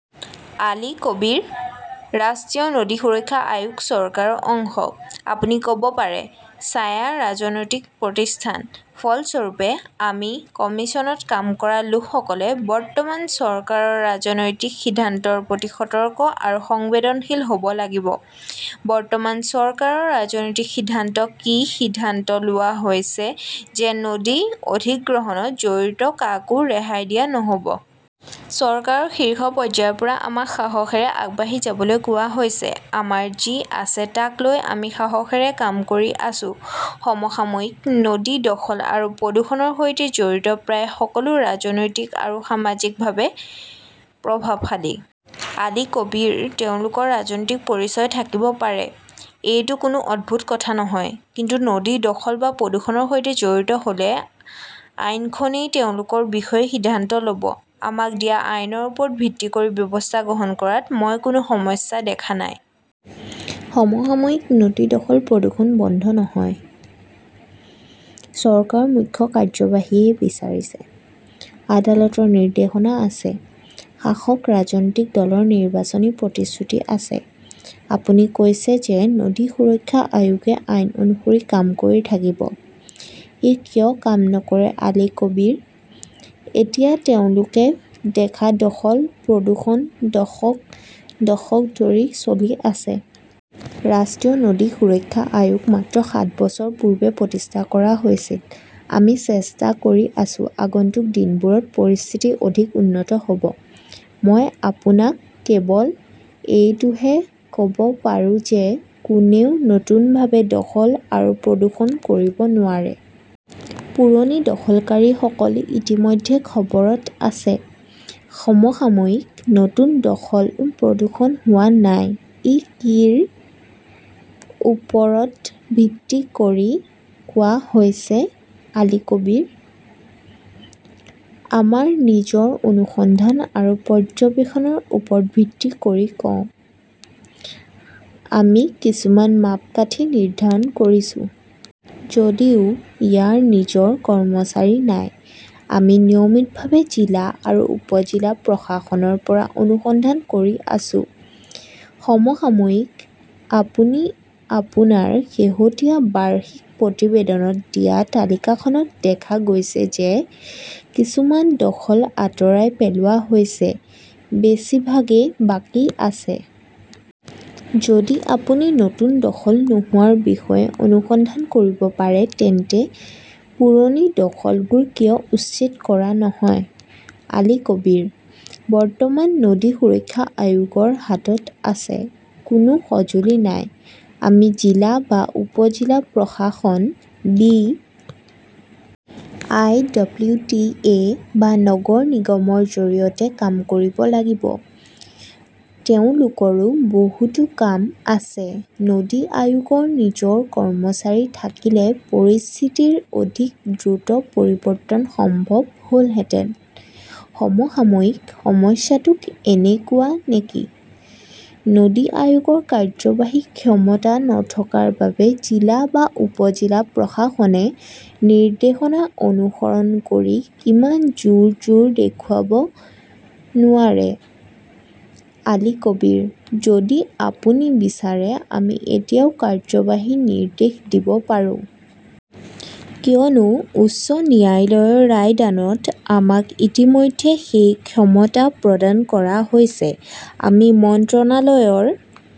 আলী কবীৰঃ ৰাষ্ট্ৰীয় নদী সুৰক্ষা আয়োগ চৰকাৰৰ অংশ। আপুনি ক 'ব পাৰে, ছায়া ৰাজনৈতিক প্ৰতিষ্ঠান। ফলস্বৰূপে, আমি কমিশ্যনত কাম কৰা লোকসকলে বৰ্তমান চৰকাৰৰ ৰাজনৈতিক সিদ্ধান্তৰ প্ৰতি সতৰ্ক আৰু সংবেদনশীল হ 'ব লাগিব। বৰ্তমান চৰকাৰৰ ৰাজনৈতিক সিদ্ধান্ত কি সিদ্ধান্ত লোৱা হৈছে যে নদী অধিগ্ৰহণত জড়িত কাকো ৰেহাই দিয়া নহ 'ব। চৰকাৰৰ শীৰ্ষ পৰ্যায়ৰ পৰা আমাক সাহসৰে আগবাঢ়ি যাবলৈ কোৱা হৈছে। আমাৰ যি আছে তাক লৈ আমি সাহসৰে কাম কৰি আছো। সমসাময়িকঃ নদী দখল আৰু প্ৰদূষণৰ সৈতে জড়িত প্ৰায় সকলো ৰাজনৈতিক আৰু সামাজিকভাৱে প্ৰভাৱশালী। আলী কবীৰঃ তেওঁলোকৰ ৰাজনৈতিক পৰিচয় থাকিব পাৰে। এইটো কোনো অদ্ভুত কথা নহয়। কিন্তু নদী দখল বা প্ৰদূষণৰ সৈতে জড়িত হ’লে আইনখনেই তেওঁলোকৰ বিষয়ে সিদ্ধান্ত ল’ব। আমাক দিয়া আইনৰ ওপৰত ভিত্তি কৰি ব্যৱস্থা গ্ৰহণ কৰাত মই কোনো সমস্যা দেখা নাই। সমসাময়িকঃ নদী দখল-প্ৰদূষণ বন্ধ নহয়। চৰকাৰৰ মুখ্য কাৰ্যবাহীই বিচাৰিছে, আদালতৰ নিৰ্দেশনা আছে, শাসক ৰাজনৈতিক দলৰ নিৰ্বাচনী প্ৰতিশ্ৰুতি আছে। আপুনি কৈছে যে নদী সুৰক্ষা আয়োগে আইন অনুসৰি কাম কৰি থাকিব। ই কিয় কাম নকৰে আলী কবীৰঃ এতিয়া তেওঁলোকে দেখা দখল-প্ৰদূষণ দশক দশক ধৰি চলি আছে। ৰাষ্ট্ৰীয় নদী সুৰক্ষা আয়োগ মাত্ৰ সাত বছৰ পূৰ্বে প্ৰতিষ্ঠা কৰা হৈছিল। আমি চেষ্টা কৰি আছো, আগন্তুক দিনবোৰত পৰিস্থিতি অধিক উন্নত হ 'ব। মই আপোনাক কেৱল এইটোহে ক 'ব পাৰো যে কোনেও নতুনভাৱে দখল আৰু প্ৰদূষণ কৰিব নোৱাৰে। পুৰণি দখলকাৰীসকল ইতিমধ্যে খবৰত আছে। সমসাময়িকঃ নতুন দখল-প্ৰদূষণ হোৱা নাই ই কিৰ ওপৰত ভিত্তি কৰি কোৱা হৈছে আলী কবীৰঃ আমাৰ নিজৰ অনুসন্ধান আৰু পৰ্যবেক্ষণৰ ওপৰত ভিত্তি কৰি কওঁ। আমি কিছুমান মাপকাঠি নিৰ্ধাৰণ কৰিছো। যদিও ইয়াৰ নিজৰ কৰ্মচাৰী নাই; আমি নিয়মিতভাৱে জিলা আৰু উপ-জিলা প্ৰশাসনৰ পৰা অনুসন্ধান কৰি আছো। সমসাময়িকঃ আপুনি আপোনাৰ শেহতীয়া বাৰ্ষিক প্ৰতিবেদনত দিয়া তালিকাখনত দেখা গৈছে যে কিছুমান দখল আঁতৰাই পেলোৱা হৈছে; বেছিভাগেই বাকী আছে। যদি আপুনি নতুন দখল নোহোৱাৰ বিষয়ে অনুসন্ধান কৰিব পাৰে তেন্তে পুৰণি দখলবোৰ কিয় উচ্ছেদ কৰা নহয় আলী কবীৰঃ বৰ্তমান নদী সুৰক্ষা আয়োগৰ হাতত আছে, কোনো সঁজুলি নাই। আমি জিলা বা উপ-জিলা প্ৰশাসন, B. I. W. T. A. বা নগৰ নিগমৰ জৰিয়তে কাম কৰিব লাগিব। তেওঁলোকৰো বহুতো কাম আছে। নদী আয়োগৰ নিজৰ কৰ্মচাৰী থাকিলে পৰিস্থিতিৰ অধিক দ্ৰুত পৰিৱৰ্তন সম্ভৱ হ "লহেঁতেন। সমসাময়িকঃ সমস্যাটো এনেকুৱা নেকি, নদী আয়োগৰ কাৰ্যবাহী ক্ষমতা নথকাৰ বাবে জিলা বা উপ-জিলা প্ৰশাসনে নিৰ্দেশনা অনুসৰণ কৰি ইমান জোৰ-জোৰ দেখুৱাব নোৱাৰে আলী কবীৰঃ যদি আপুনি বিচাৰে আমি এতিয়াও কাৰ্যবাহী নিৰ্দেশ দিব পাৰোঁ। কিয়নো উচ্চ ন্যায়ালয়ৰ ৰায়দানত আমাক ইতিমধ্যে সেই ক্ষমতা প্ৰদান কৰা হৈছে। আমি মন্ত্ৰালয়ৰ